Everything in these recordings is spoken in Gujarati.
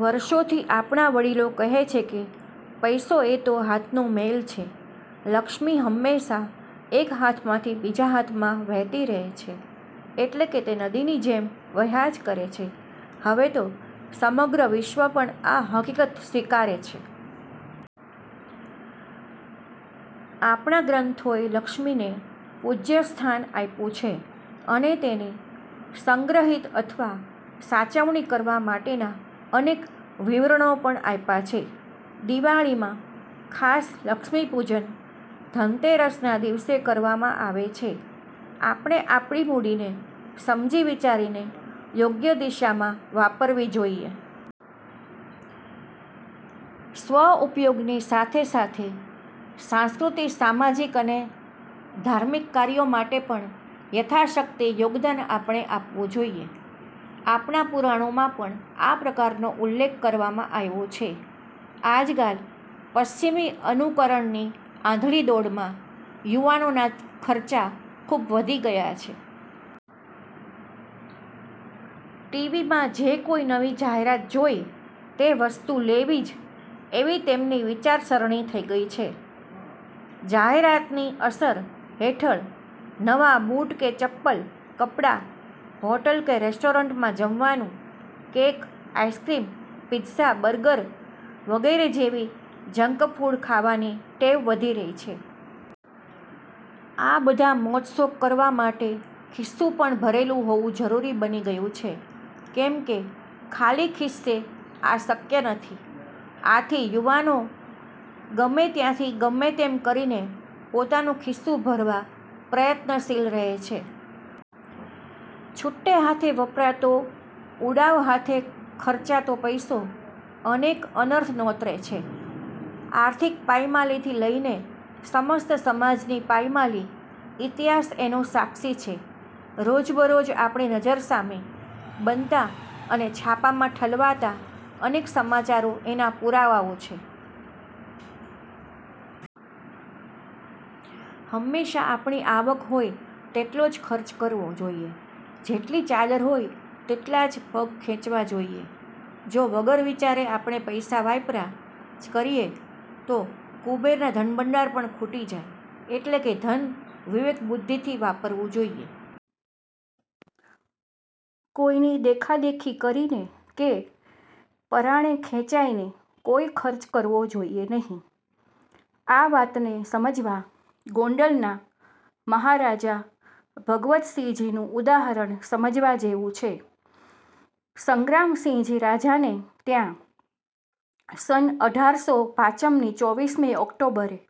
વર્ષોથી આપણાં વડીલો કહે છે કે પૈસો એ તો હાથનો મેલ છે. લક્ષ્મી હંમેશા એક હાથમાંથી બીજા હાથમાં વહેતી રહે છે એટલે કે તે નદીની જેમ વહ્યા જ કરે છે. હવે તો સમગ્ર વિશ્વ પણ આ હકીકત સ્વીકારે છે. આપણા ગ્રંથોએ લક્ષ્મીને પૂજ્ય સ્થાન આયપુ છે અને તેને સંગ્રહિત અથવા સાચવણી કરવા માટેના અનેક વિવરણો પણ આયપાછે. દિવાળીમાં ખાસ લક્ષ્મીપૂજન ધનતેરસના દિવસે કરવામાં આવે છે. આપણે આપણી મૂડી ને સમજી વિચારીને યોગ્ય દિશામાં વાપરવી જોઈએ. સ્વઉપયોગની સાથે સાથે સાંસ્કૃતિ, સામાજિક અને ધાર્મિક કાર્યો માટે પણ યથાશક્તિ યોગદાન આપણે આપવું જોઈએ. આપણા પુરાણોમાં પણ આ પ્રકારનો ઉલ્લેખ કરવામાં આયવો છે. આજકાલ પશ્ચિમી અનુકરણની આંધળી દોડમાં યુવાનોના ખર્ચા ખૂબ વધી ગયા છે. ટીવીમાં જે કોઈ નવી જાહેરાત જોઈ તે વસ્તુ લેવી જ એવી તેમની વિચારસરણી થઈ ગઈ છે. જાહેરાતની અસર હેઠળ નવા બુટ કે ચપ્પ્લ, કપડાં, હોટલ કે રેસ્ટોરન્ટમાં જમવાનું, કેક, આઇસ્ક્રીમ, પિત્ઝા, બર્ગર વગેરે જેવી જંકફૂડ ખાવાની ટેવ વધી રહી છે. આ બધા મોજશોખ કરવા માટે ખિસ્સુંં પણ ભરેલું હોવું જરૂરી બની ગયું છે કેમ કે ખાલી ખિસ્સે આ શક્ય નથી. આથી યુવાનો ગમે ત્યાંથી ગમે તેમ કરીને પોતાનું ખિસ્સુંં ભરવા પ્રયત્નશીલ રહે છે. છૂટ્ટે હાથે વપરાતો, ઉડાઉ હાથે ખર્ચાતો પૈસો અનેક અનર્થ નોતરે છે. આર્થિક પાયમાલીથી લઈને સમસ્ત સમાજની પાયમાલી. ઇતિહાસ એનો સાક્ષી છે. રોજબરોજ આપણી નજર સામે બનતા અને છાપામાં ઠલવાતા અનેક સમાચારો એના પુરાવાઓ છે. હંમેશા આપણી આવક હોય તેટલો જ ખર્ચ કરવો જોઈએ. જેટલી ચાદર હોય તેટલા જ પગ ખેંચવા જોઈએ. જો વગર વિચાર્યે આપણે પૈસા વાયપરા જ કરીએ, તો કુબેરના ધનભંડાર પણ ખૂટી જાય. એટલે કે ધન વિવેક બુદ્ધિથી વાપરવું જોઈએ. કોઈની દેખાદેખી કરીને કે પરાણે ખેંચાઈને કોઈ ખર્ચ કરવો જોઈએ નહીં. આ વાતને સમજવા ગોંડલના મહારાજા ભગવતસિંહજીનું ઉદાહરણ સમજવા જેવું છે. સંગ્રામસિંહજી રાજાને ત્યાં સન અઢાર સો પાંચમની ચોવીસ મી ઓક્ટોબરે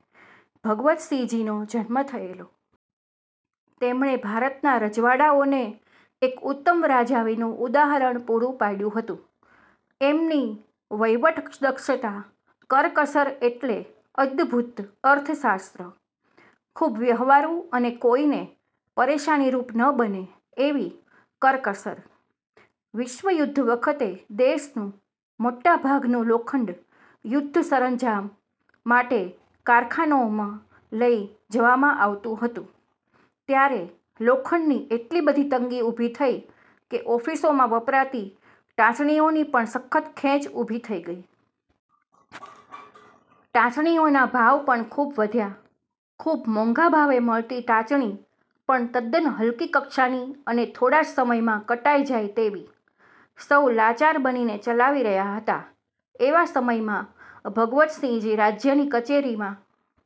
ભગવતસિંહજીનો જન્મ થયેલો. તેમણે ભારતના રજવાડાંઓને એક ઉત્તમ રાજાવીનું ઉહાદરણ પૂરું પાડ્યું હતું. એમની વહીવટ દક્ષતા, કરકસર એટલે અદભુત અર્થશાસ્ત્ર! ખૂબ વ્યવહારુ અને કોઈને પરેશાનીરૂપ ન બને એવી કરકસર! વિશ્વયુદ્ધ વખતે દેશનું મોટા ભાગનું લોખંડ યુદ્ધ સરંજામ માટે કારખાનાંઓમાં લઈ જવામાં આવતું હતું ત્યારે લોખંડની એટલી બધી તંગી ઊભી થઈ કે ઓફિસોમાં વપરાતી ટાંચણીઓની પણ સખત ખેંચ ઊભી થઈ ગઈ. ટાંચણીઓના ભાવ પણ ખૂબ વધ્યા. ખૂબ મોંઘા ભાવે મળતી ટાંચણી પણ તદ્દન હલકી કક્ષાની અને થોડા જ સમયમાં કટાઈ જાય તેવી! સૌ લાચાર બનીને ચલાવી રહ્યા હતા. એવા સમયમાં ભગવતસિંહજી રાજ્યની કચેરીમાં